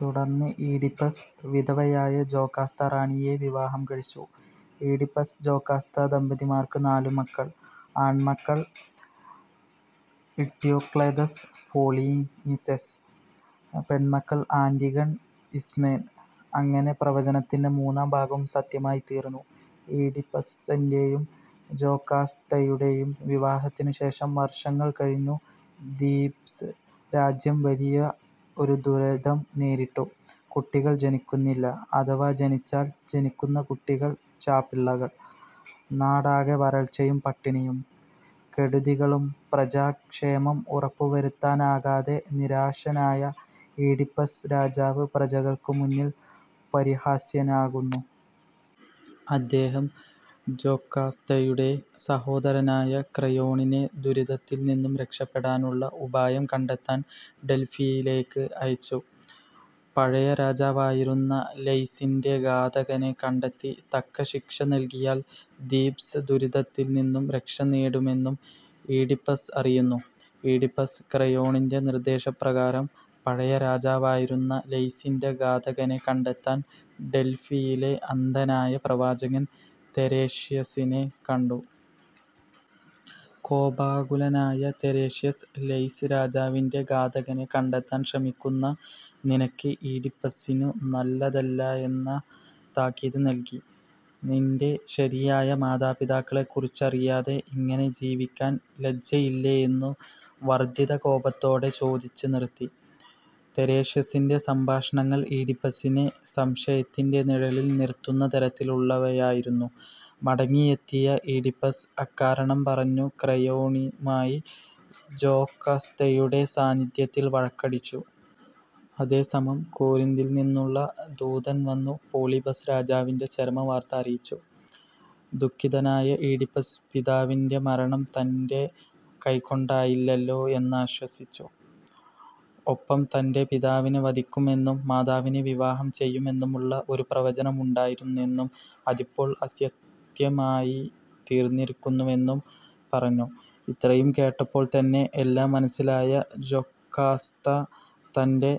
തുടർന്നു ഈഡിപ്പസ് വിധവയായ ജൊകാസ്ത റാണിയെ വിവാഹം കഴിച്ചു. ഈഡിപ്പസ്-ജൊകാസ്ത ദമ്പതിമാർക്കു നാലു മക്കൾ; "ആണ്മക്കൾ-ഇട്യോക്ലെദസ്, പൊളീനിസെസ്, പെണ്മക്കൾ-ആന്റിഗെൺ, ഇസ്മേൻ". അങ്ങനെ പ്രവചനത്തിന്റെ മൂന്നാം ഭാഗവും സത്യമായിത്തീർന്നു. ഈഡിപ്പസിന്റെയും ജൊകാസ്തയുടെയും വിവാഹത്തിനു ശേഷം വർഷങ്ങൾ കഴിഞ്ഞു ഥീബ്സ് രാജ്യം വലിയ ഒരു ദുരിതം നേരിട്ടു. കുട്ടികൾ ജനിക്കുന്നില്ല, അഥവാ ജനിച്ചാൽ ജനിക്കുന്ന കുട്ടികൽ ചാപിള്ളകൾനാടാകെ വരൾച്ചയും പട്ടിണിയും കെടുതികളുംപ്രജാ-ക്ഷേമം ഉറപ്പു വരുത്താനാകാതെ നിരാശനായ ഈഡിപ്പസ് രാജാവ് പ്രജകൾക്കു മുന്നിൽ പരിഹാസ്യനാകുന്നു. അദ്ദേഹം ജൊകാസ്തയുടെ സഹോദരനായ ക്രയോണിനെ ദുരിതത്തിൽ നിന്നും രക്ഷപെടാനുള്ള ഉപായം കണ്ടെത്താൻ ഡൽഫിയിലേക്കയച്ചു. പഴയ രാജാവായിരുന്ന ലൈയ്സിന്റെ ഘാതകനെ കണ്ടെത്തി തക്ക ശിക്ഷനൽകിയാൽ ഥീബ്സ് ദുരിതത്തിൽനിന്നും രക്ഷനേടാമെന്നും ഈഡിപ്പസ് അറിയുന്നു. ഈഡിപ്പസ് ക്രയോണിന്റെ നിർദ്ദേശപ്രകാരം പഴയ രാജാവായിരുന്ന ലൈയ്സിന്റെ ഘാതകനെ കണ്ടെത്താൻ ഡൽഫിയിലെ അന്ധനായ പ്രവാചകൻ തെരേഷ്യാസിനെ കണ്ടു. കോപാകുലനായ തെരേഷ്യാസ് ലൈയ്സ് രാജാവിന്റെ ഘാതകനെ കണ്ടെത്താൻ ശ്രമിക്കുന്ന "നിനക്ക്", ഈഡിപ്പസ്സിനു നല്ലതല്ലായെന്ന താക്കീതു നൽകി. നിന്റെ ശരിയായ മാതാ-പിതാക്കളെക്കുറിച്ചറിയാതെ ഇങ്ങനെ ജീവിക്കാൻ ലജ്ജയില്ലേയെന്നു വർദ്ദിത-കോപത്തോടെ ചൊദിച്ചു നിർത്തി. തെരേഷ്യാസിന്റെ സംഭാഷണങ്ങൾ ഈഡിപ്പസിനെ സംശയത്തിന്റെ നിഴലിൽ നിർത്തുന്ന തരത്തിലുള്ളവയായിരുന്നു. മടങ്ങിയെത്തിയ ഈഡിപ്പസ് അക്കാരണം പറഞ്ഞു ക്രയോണുമായി ജൊകസ്തയുടെ സാന്നിദ്ധ്യത്തിൽ വഴക്കടിച്ചു. അതേ സമയം കോരിന്ദിൽ നിന്നുള്ള ദൂതൻ വന്നു പോളിബസ് രാജാവിന്റെ ചരമ വാർത്ത അറിയിച്ചു. ദുഖിതനായ ഈഡിപ്പസ് പിതാവിന്റെ മരണം തന്റെ തന്റെ കൈകൊണ്ടായില്ലല്ലോ എന്നാശ്വസിച്ചു. ഒപ്പം തന്റെ പിതാവിനെ വധിക്കുമെന്നും മാതാവിനെ വിവാഹം ചെയ്യുമെന്നുമുള്ള ഒരു പ്രവചനമുണ്ടായിരുന്നെന്നും അതിപ്പോൾ അസത്യമായി തീർന്നിരിക്കുന്നുവെന്നും പറഞ്ഞു. ഇത്രയും കേട്ടപ്പോൾതന്നെ എല്ലാം മനസ്സിലായ ജൊകാസ്ത തന്റെ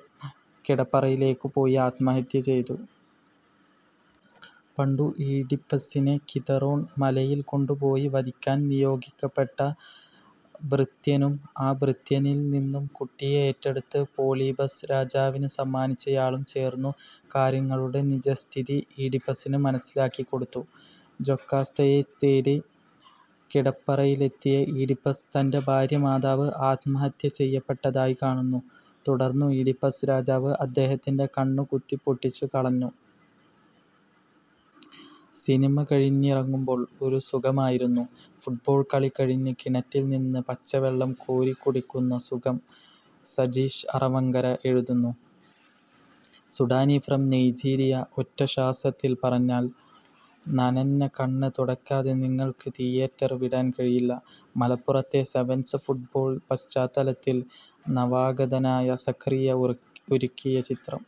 കിടപ്പറയിലേക്കു പോയി ആത്മഹത്യ ചെയ്തു. പണ്ടു ഈഡിപ്പസ്സിനെ കിഥറൊൺ മലയിൽ കൊണ്ടുപോയി വധിക്കാൻ നിയോഗിക്കപ്പെട്ട ഭൃത്യനും ആ ഭൃത്യനിൽ നിന്നുംകുട്ടിയെ ഏറ്റെടുത്ത് പോളിബസ് രാജവിനു സമ്മാനിച്ചയാളും ചേർന്നു കാര്യങ്ങളുടെ നിജസ്ഥിതി ഈഡിപ്പസിനു മനസ്സിലാക്കിക്കൊടുത്തു. ജൊകാസ്തയെ തേടി കിടപ്പറയിലെത്തിയ ഈഡിപ്പസ് തന്റെ ഭാര്യ/മാതാവ് ആത്മഹത്യ ചെയ്യപ്പെട്ടതായി കാണുന്നു. തുടർന്നു ഈഡിപ്പസ് രാജാവ് അദ്ദേഹത്തിന്റെ കണ്ണു കുത്തിപ്പൊട്ടിച്ചു കളഞ്ഞു. സിനിമ കഴിഞ്ഞിറങ്ങുമ്പോൾ ഒരു സുഖമായിരുന്നു. ഫുട്ബോൾ കളി കഴിഞ്ഞ് കിണറ്റിൽ നിന്ന് പച്ചവെള്ളം കോരി കുടിക്കുന്ന സുഖം സജീഷ് അറവങ്കര എഴുതുന്നു. സുഡാനി ഫ്രം നൈജീരിയ ഒറ്റ ശ്വാസത്തിൽ പറഞ്ഞാൽ, നനഞ്ഞ കണ്ണ് തുടയ്ക്കാതെ നിങ്ങൾക്ക് തിയേറ്റർ വിടാൻ കഴിയില്ല. മലപ്പുറത്തെ സെവൻസ് ഫുട്ബോൾ പശ്ചാത്തലത്തിൽ നവാഗതനായ സക്കറിയ ഒരുക്കിയ ചിത്രം.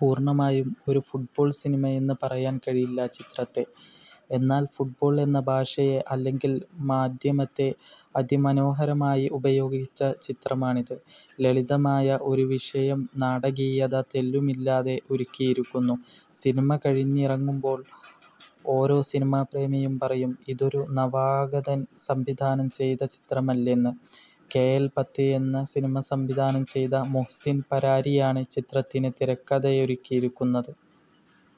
പൂർണമായും ഒരു ഫുട്ബോൾ സിനിമയെന്ന് പറയാൻ കഴിയില്ല ചിത്രത്തെ. എന്നാൻ, ഫുട്ബോൾ എന്ന ഭാഷയെ അല്ലെങ്കിൽ മാധ്യമത്തെ അതിമനോഹരമായി ഉപയോഗിച്ച ചിത്രമാണിത്. ലളിതമായ ഒരു വിഷയം നാടകീയത തെല്ലുമില്ലാതെ ഒരുക്കിയിരിക്കുന്നു. സിനിമ കഴിഞ്ഞിറങ്ങുമ്പോൾ ഓരോ സിനിമാപ്രേമിയും പറയും ഇതൊരു നവാഗതൻ സംവിധാനം ചെയ്ത ചിത്രമല്ലെന്ന്. കെഎൽ പത്ത് എന്ന സിനിമ സംവിധാനം ചെയ്ത മുഹ്സിൻ പരാരിയാണ് ചിത്രത്തിന് തിരക്കഥയൊരുക്കിയിരിക്കുന്നത്.